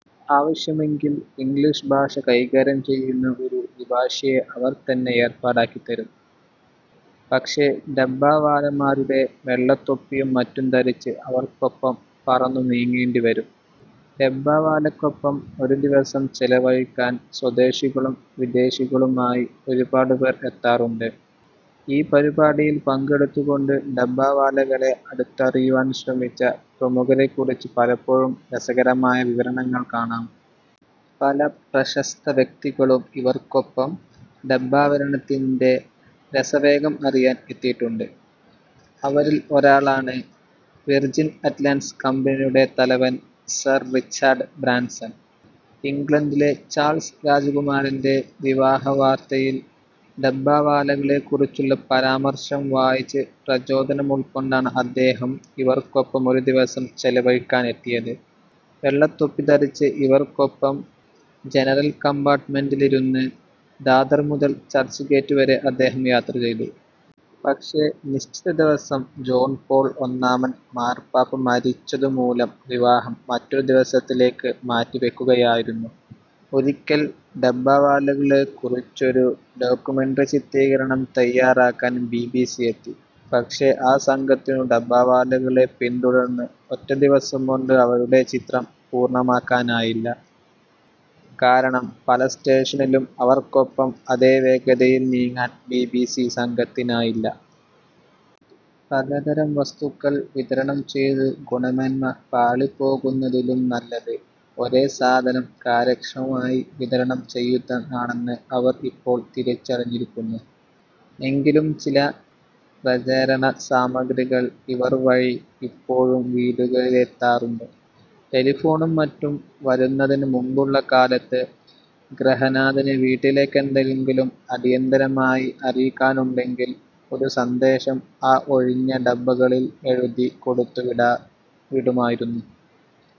ആവശ്യമെങ്കിൽ ഇംഗ്ലീഷ് ഭാഷ കൈകാര്യം ചെയ്യുന്ന ഒരു ദ്വിഭാഷിയെ അവർ തന്നെ ഏർപ്പാടാക്കി തരും. പക്ഷേ ഡബ്ബാവാലമാരുടെ വെള്ളത്തൊപ്പിയും മറ്റും ധരിച്ച് അവർക്കൊപ്പം "പറന്നു" നീങ്ങേണ്ടിവരും. ഡബ്ബാവാലയ്ക്കൊപ്പം ഒരു ദിവസം ചെലവഴിക്കാൻ സ്വദേശികളും വിദേശികളുമായി ഒരുപാടുപേർ എത്താറുണ്ട്. ഈ പരിപാടിയിൽ പങ്കെടുത്തുകൊണ്ട് ഡബ്ബാവാലകളെ അടുത്തറിയുവാൻ ശ്രമിച്ച പ്രമുഖരെക്കുറിച്ച് പലപ്പോഴും രസകരമായ വിവരണങ്ങൾ കാണാം. പല പ്രശസ്തവ്യക്തികളും ഇവർക്കൊപ്പം ഡബ്ബാവിതരണത്തിന്റെ രസവേഗം അറിയാൻ എത്തിയിട്ടുണ്ട്. അവരിൽ ഒരാളാണ് വിർജിൻ അറ്റ്ലാന്റിസ് കമ്പനിയുടെ തലവൻ സർ റിച്ചാർഡ് ബ്രാൻസൺ. ഇംഗ്ലണ്ടിലെ ചാൾസ് രാജകുമാരന്റെ വിവാഹവാർത്തയിൽ ഡബ്ബാവാലകളെക്കുറിച്ചുള്ള പരാമർശം വായിച്ച് പ്രചോദനമുൾക്കൊണ്ടാണ് അദ്ദേഹം ഇവർക്കൊപ്പം ഒരു ദിവസം ചെലവഴിക്കാൻ എത്തിയത്. വെള്ളത്തൊപ്പി ധരിച്ച് ഇവർക്കൊപ്പം ജനറൻ കമ്പാർട്ടുമെന്റിൽ ഇരുന്ന് ദാദർ മുതൽ ചർച്ച് ഗേറ്റുവരെ അദ്ദേഹം യാത്ര ചെയ്തു. പക്ഷേ നിശ്ചിതദിവസം ജോൺ പോൾ ഒന്നാമൻ മാർപ്പാപ്പ മരിച്ചതു മൂലം വിവാഹം മറ്റൊരു ദിവസത്തേക്ക് മാറ്റി വയ്ക്കുകയായിരുന്നു. ഒരിക്കൽ ഡബ്ബാവാലകളെ കുറിച്ചൊരു ഡോക്യുമെന്ററി ചിത്രീകരണം തയ്യാറാക്കാൻ ബീ ബീ സി എത്തി. പക്ഷേ ആ സംഘത്തിനു ഡബ്ബാവാലകളെ പിന്തുടർന്ന് ഒറ്റദിവസംകൊണ്ട് അവരുടെ ചിത്രം പൂർണ്ണമാക്കാനായില്ല. കാരണം പലസ്റ്റേഷനിലും അവർക്കൊപ്പം അതേ വേഗത്തിൽ നീങ്ങാൻ ബീ ബീ സി സംഘത്തിനായില്ല. പലതരം വസ്തുക്കൾ വിതരണം ചെയ്തു ഗുണമേന്മ പാളിപ്പോകുന്നതിലും നല്ലത് ഒരേ സാധനം കാര്യക്ഷമമായി വിതരണം ചെയ്യുന്നതാണെന്നു അവർ ഇപ്പോൾ തിരിച്ചറിഞ്ഞിരിക്കുന്നു. എങ്കിലും ചില പ്രചരണസാമിഗ്രികൾ ഇവർ വഴി ഇപ്പോഴും വീടുകളിലെത്താറുണ്ട്. ടെലഫോണും മറ്റും വരുന്നതിനു മുൻപുള്ള കാലത്ത് ഗൃഹനാഥനു് വീട്ടിലേക്ക് എന്തെങ്കിലും അടിയന്തരമായി അറിയിക്കാനുണ്ടെങ്കിൽ ഒരു സന്ദേശം ആ ഒഴിഞ്ഞ ഡബ്ബകളിൽ എഴുതി കൊടുത്തു വിടാ വിടുമായിരുന്നു.